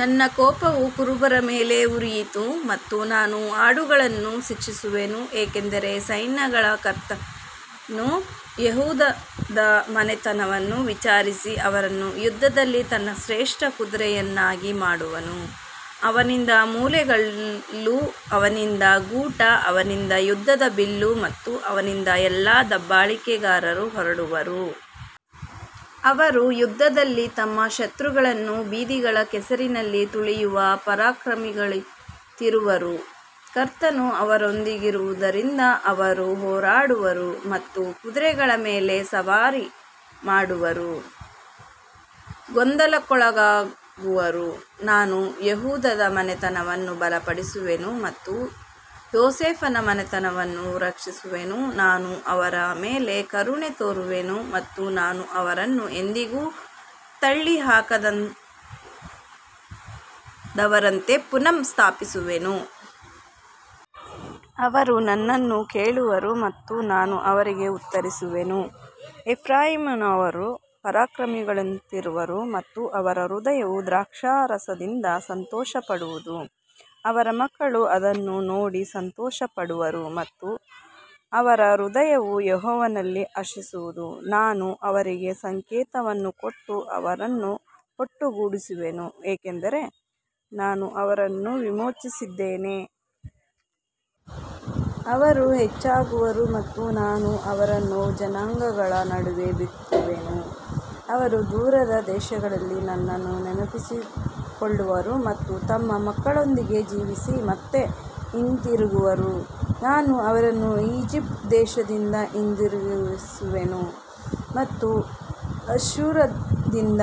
ನನ್ನ ಕೋಪವು ಕುರುಬರ ಮೇಲೆ ಉರಿಯಿತು ಮತ್ತು ನಾನು ಆಡುಗಳನ್ನು ಶಿಕ್ಷಿಸುವೆನು, ಏಕೆಂದರೆ ಸೈನ್ಯಗಳ ಕರ್ತನು ಯೆಹೂದದ ಮನೆತನವನ್ನು ವಿಚಾರಿಸಿ ಅವರನ್ನು ಯುದ್ಧದಲ್ಲಿ ತನ್ನ ಶ್ರೇಷ್ಠ ಕುದುರೆಯನ್ನಾಗಿ ಮಾಡುವನು. ಅವನಿಂದ ಮೂಲೆಗಲ್ಲು, ಅವನಿಂದ ಗೂಟ, ಅವನಿಂದ ಯುದ್ಧದ ಬಿಲ್ಲು ಮತ್ತು ಅವನಿಂದ ಎಲ್ಲಾ ದಬ್ಬಾಳಿಕೆಗಾರರು ಹೊರಡುವರು. ಅವರು ಯುದ್ಧದಲ್ಲಿ ತಮ್ಮ ಶತ್ರುಗಳನ್ನು ಬೀದಿಗಳ ಕೆಸರಿನಲ್ಲಿ ತುಳಿಯುವ ಪರಾಕ್ರಮಿಗಳಂತಿರುವರು. ಕರ್ತನು ಅವರೊಂದಿಗಿರುವುದರಿಂದ ಅವರು ಹೋರಾಡುವರು ಮತ್ತು ಕುದುರೆಗಳ ಮೇಲೆ ಸವಾರಿ ಮಾಡುವವರು ಗೊಂದಲಕ್ಕೊಳಗಾಗುವರು. ನಾನು ಯೆಹೂದದ ಮನೆತನವನ್ನು ಬಲಪಡಿಸುವೆನು ಮತ್ತು ಯೋಸೇಫನ ಮನೆತನವನ್ನು ರಕ್ಷಿಸುವೆನು. ನಾನು ಅವರ ಮೇಲೆ ಕರುಣೆ ತೋರುವೆನು ಮತ್ತು ನಾನು ಅವರನ್ನು ಎಂದಿಗೂ ತಳ್ಳಿಹಾಕದವರಂತೆ ಪುನಃ ಸ್ಥಾಪಿಸುವೆನು. ಅವರು ನನ್ನನ್ನು ಕೇಳುವರು ಮತ್ತು ನಾನು ಅವರಿಗೆ ಉತ್ತರಿಸುವೆನು. ಎಫ್ರಾಯೀಮಿನವರು ಪರಾಕ್ರಮಿಗಳಂತಿರುವರು ಮತ್ತು ಅವರ ಹೃದಯವು ದ್ರಾಕ್ಷಾರಸದಿಂದ ಸಂತೋಷಪಡುವದು. ಅವರ ಮಕ್ಕಳು ಅದನ್ನು ನೋಡಿ ಸಂತೋಷಪಡುವರು ಮತ್ತು ಅವರ ಹೃದಯವು ಯೆಹೋವನಲ್ಲಿ ಹರ್ಷಿಸುವದು. ನಾನು ಅವರಿಗೆ ಸಂಕೇತವನ್ನು ಕೊಟ್ಟು ಅವರನ್ನು ಒಟ್ಟುಗೂಡಿಸುವೆನು, ಏಕೆಂದರೆ ನಾನು ಅವರನ್ನು ವಿಮೋಚಿಸಿದ್ದೇನೆ. ಅವರು ಹೆಚ್ಚಾಗುವರು ಮತ್ತು ನಾನು ಅವರನ್ನು ಜನಾಂಗಗಳ ನಡುವೆ ಬಿತ್ತುವೆನು. ಅವರು ದೂರದ ದೇಶಗಳಲ್ಲಿ ನನ್ನನ್ನು ನೆನಪಿಸಿಕೊಳ್ಳುವರು ಮತ್ತು ತಮ್ಮ ಮಕ್ಕಳೊಂದಿಗೆ ಜೀವಿಸಿ ಮತ್ತೆ ಹಿಂದಿರುಗುವರು. ನಾನು ಅವರನ್ನು ಈಜಿಪ್ಟ್ ದೇಶದಿಂದ ಹಿಂದಿರುಗಿಸುವೆನು ಮತ್ತು ಅಶ್ಶೂರದಿಂದ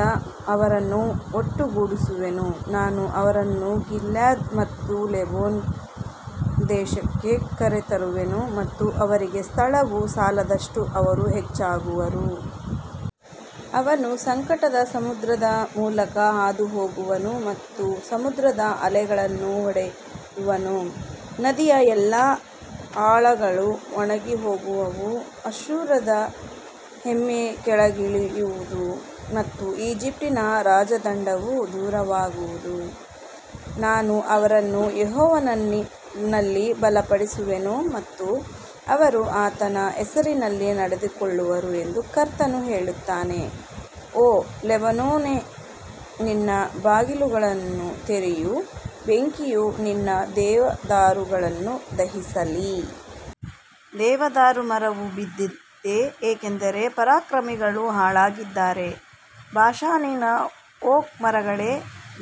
ಅವರನ್ನು ಒಟ್ಟುಗೂಡಿಸುವೆನು. ನಾನು ಅವರನ್ನು ಗಿಲ್ಯಾದ್ ಮತ್ತು ಲೆಬನೋನ್ ದೇಶಕ್ಕೆ ಕರೆತರುವೆನು ಮತ್ತು ಅವರಿಗೆ ಸ್ಥಳವು ಸಾಲದಷ್ಟು ಅವರು ಹೆಚ್ಚಾಗುವರು. ಅವನು ಸಂಕಟದ ಸಮುದ್ರದ ಮೂಲಕ ಹಾದುಹೋಗುವನು ಮತ್ತು ಸಮುದ್ರದ ಅಲೆಗಳನ್ನು ಹೊಡೆಯುವನು. ನದಿಯ ಎಲ್ಲಾ ಆಳಗಳು ಒಣಗಿಹೋಗುವವು. ಅಶ್ಶೂರದ ಹೆಮ್ಮೆ ಕೆಳಗಿಳಿಯುವುದು ಮತ್ತು ಈಜಿಪ್ಟಿನ ರಾಜದಂಡವು ದೂರವಾಗುವುದು. ನಾನು ಅವರನ್ನು ಯೆಹೋವನಲ್ಲಿ ಬಲಪಡಿಸುವೆನು ಮತ್ತು ಅವರು ಆತನ ಹೆಸರಿನಲ್ಲಿ ನಡೆದುಕೊಳ್ಳುವರು ಎಂದು ಕರ್ತನು ಹೇಳುತ್ತಾನೆ. ಓ ಲೆಬನೋನೇ, ನಿನ್ನ ಬಾಗಿಲುಗಳನ್ನು ತೆರೆಯು, ಬೆಂಕಿಯು ನಿನ್ನ ದೇವದಾರುಗಳನ್ನು ದಹಿಸಲಿ. ದೇವದಾರು ಮರವು ಬಿದ್ದಿದೆ, ಏಕೆಂದರೆ ಪರಾಕ್ರಮಿಗಳು ಹಾಳಾಗಿದ್ದಾರೆ. ಬಾಷಾನಿನ ಓಕ್ ಮರಗಳೇ,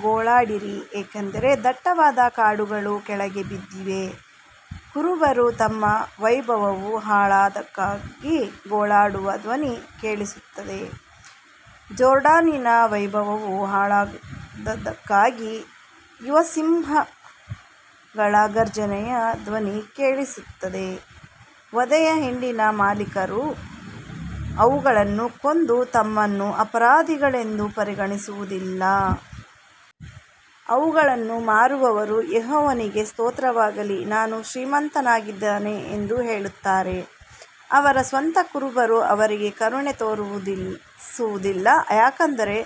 ಗೋಳಾಡಿರಿ, ಏಕೆಂದರೆ ದಟ್ಟವಾದ ಕಾಡುಗಳು ಕೆಳಗೆ ಬಿದ್ದಿವೆ. ಕುರುಬರು ತಮ್ಮ ವೈಭವವು ಹಾಳಾದದ್ದಕ್ಕಾಗಿ ಗೋಳಾಡುವ ಧ್ವನಿ ಕೇಳಿಸುತ್ತದೆ. ಜೋರ್ಡಾನಿನ ವೈಭವವು ಹಾಳಾದದ್ದಕ್ಕಾಗಿ ಯುವ ಸಿಂಹಗಳ ಗರ್ಜನೆಯ ಧ್ವನಿ ಕೇಳಿಸುತ್ತದೆ. ವಧೆಯ ಹಿಂಡಿನ ಮಾಲೀಕರು ಅವುಗಳನ್ನು ಕೊಂದು ತಮ್ಮನ್ನು ಅಪರಾಧಿಗಳೆಂದು ಪರಿಗಣಿಸುವುದಿಲ್ಲ. ಅವುಗಳನ್ನು ಮಾರುವವರು, ಯೆಹೋವನಿಗೆ ಸ್ತೋತ್ರವಾಗಲಿ, ನಾನು ಶ್ರೀಮಂತನಾಗಿದ್ದೇನೆ ಎಂದು ಹೇಳುತ್ತಾರೆ. ಅವರ ಸ್ವಂತ ಕುರುಬರು ಅವರಿಗೆ ಕರುಣೆ ತೋರಿಸುವುದಿಲ್ಲ. ಯಾಕಂದರೆ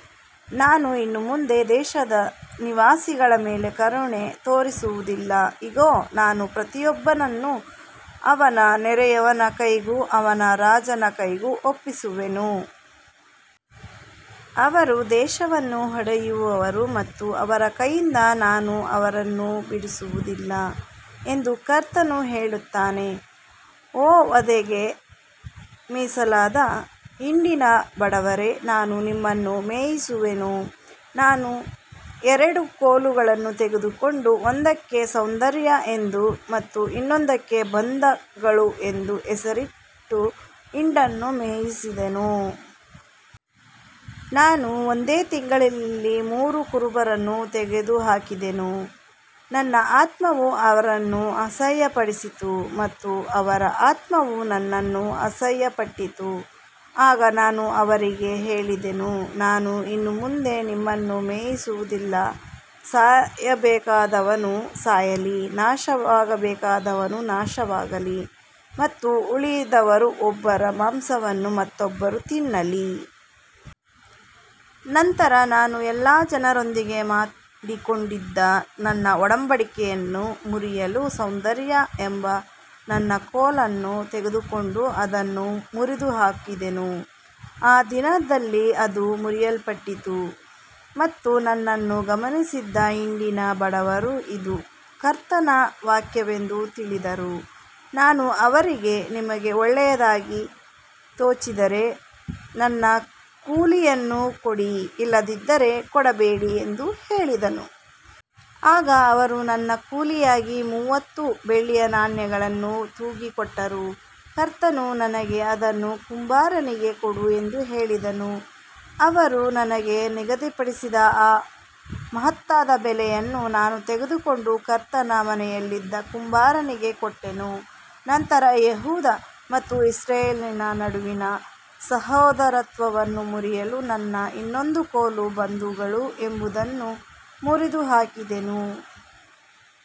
ನಾನು ಇನ್ನು ಮುಂದೆ ದೇಶದ ನಿವಾಸಿಗಳ ಮೇಲೆ ಕರುಣೆ ತೋರಿಸುವುದಿಲ್ಲ. ಇಗೋ, ನಾನು ಪ್ರತಿಯೊಬ್ಬನನ್ನೂ ಅವನ ನೆರೆಯವನ ಕೈಗೂ ಅವನ ರಾಜನ ಕೈಗೂ ಒಪ್ಪಿಸುವೆನು. ಅವರು ದೇಶವನ್ನು ಹೊಡೆಯುವರು ಮತ್ತು ಅವರ ಕೈಯಿಂದ ನಾನು ಅವರನ್ನು ಬಿಡಿಸುವುದಿಲ್ಲ ಎಂದು ಕರ್ತನು ಹೇಳುತ್ತಾನೆ. ಓ ವಧೆಗೆ ಮೀಸಲಾದ ಹಿಂಡಿನ ಬಡವರೇ, ನಾನು ನಿಮ್ಮನ್ನು ಮೇಯಿಸುವೆನು. ನಾನು ಎರಡು ಕೋಲುಗಳನ್ನು ತೆಗೆದುಕೊಂಡು ಒಂದಕ್ಕೆ ಸೌಂದರ್ಯ ಎಂದು ಮತ್ತು ಇನ್ನೊಂದಕ್ಕೆ ಬಂಧಗಳು ಎಂದು ಹೆಸರಿಟ್ಟು ಹಿಂಡನ್ನು ಮೇಯಿಸಿದೆನು. ನಾನು ಒಂದೇ ತಿಂಗಳಲ್ಲಿ ಮೂರು ಕುರುಬರನ್ನು ತೆಗೆದುಹಾಕಿದೆನು. ನನ್ನ ಆತ್ಮವು ಅವರನ್ನು ಅಸಹ್ಯಪಡಿತು ಮತ್ತು ಅವರ ಆತ್ಮವೂ ನನ್ನನ್ನು ಅಸಹ್ಯಪಟ್ಟಿತು. ಆಗ ನಾನು ಅವರಿಗೆ ಹೇಳಿದೆನು, ನಾನು ಇನ್ನು ಮುಂದೆ ನಿಮ್ಮನ್ನು ಮೇಯಿಸುವುದಿಲ್ಲ. ಸಾಯಬೇಕಾದವನು ಸಾಯಲಿ, ನಾಶವಾಗಬೇಕಾದವನು ನಾಶವಾಗಲಿ ಮತ್ತು ಉಳಿದವರು ಒಬ್ಬರ ಮಾಂಸವನ್ನು ಮತ್ತೊಬ್ಬರು ತಿನ್ನಲಿ. ನಂತರ ನಾನು ಎಲ್ಲಾ ಜನರೊಂದಿಗೆ ಮಾಡಿಕೊಂಡಿದ್ದ ನನ್ನ ಒಡಂಬಡಿಕೆಯನ್ನು ಮುರಿಯಲು ಸೌಂದರ್ಯ ಎಂಬ ನನ್ನ ಕೋಲನ್ನು ತೆಗೆದುಕೊಂಡು ಅದನ್ನು ಮುರಿದುಹಾಕಿದೆನು. ಆ ದಿನದಲ್ಲಿ ಅದು ಮುರಿಯಲ್ಪಟ್ಟಿತು ಮತ್ತು ನನ್ನನ್ನು ಗಮನಿಸುತ್ತಿದ್ದ ಹಿಂಡಿನ ಬಡವರು ಇದು ಕರ್ತನ ವಾಕ್ಯವೆಂದು ತಿಳಿದರು. ನಾನು ಅವರಿಗೆ, ನಿಮಗೆ ಒಳ್ಳೆಯದಾಗಿ ತೋಚಿದರೆ ನನ್ನ ಕೂಲಿಯನ್ನು ಕೊಡಿ, ಇಲ್ಲದಿದ್ದರೆ ಕೊಡಬೇಡಿ ಎಂದು ಹೇಳಿದೆನು. ಆಗ ಅವರು ನನ್ನ ಕೂಲಿಯಾಗಿ ಮೂವತ್ತು ಬೆಳ್ಳಿಯ ನಾಣ್ಯಗಳನ್ನು ತೂಗಿ ಕೊಟ್ಟರು. ಕರ್ತನು ನನಗೆ, ಅದನ್ನು ಕುಂಬಾರನಿಗೆ ಕೊಡು ಎಂದು ಹೇಳಿದನು. ಅವರು ನನಗೆ ನಿಗದಿಪಡಿಸಿದ ಆ ಮಹತ್ತಾದ ಬೆಲೆಯನ್ನು ನಾನು ತೆಗೆದುಕೊಂಡು ಕರ್ತನ ಮನೆಯಲ್ಲಿದ್ದ ಕುಂಬಾರನಿಗೆ ಕೊಟ್ಟೆನು. ನಂತರ ಯೆಹೂದ ಮತ್ತು ಇಸ್ರಾಯೇಲಿನ ನಡುವಿನ ಸಹೋದರತ್ವವನ್ನು ಮುರಿಯಲು ನನ್ನ ಇನ್ನೊಂದು ಕೋಲು, ಬಂಧಗಳು ಎಂಬುದನ್ನೂ ಮುರಿದುಹಾಕಿದೆನು.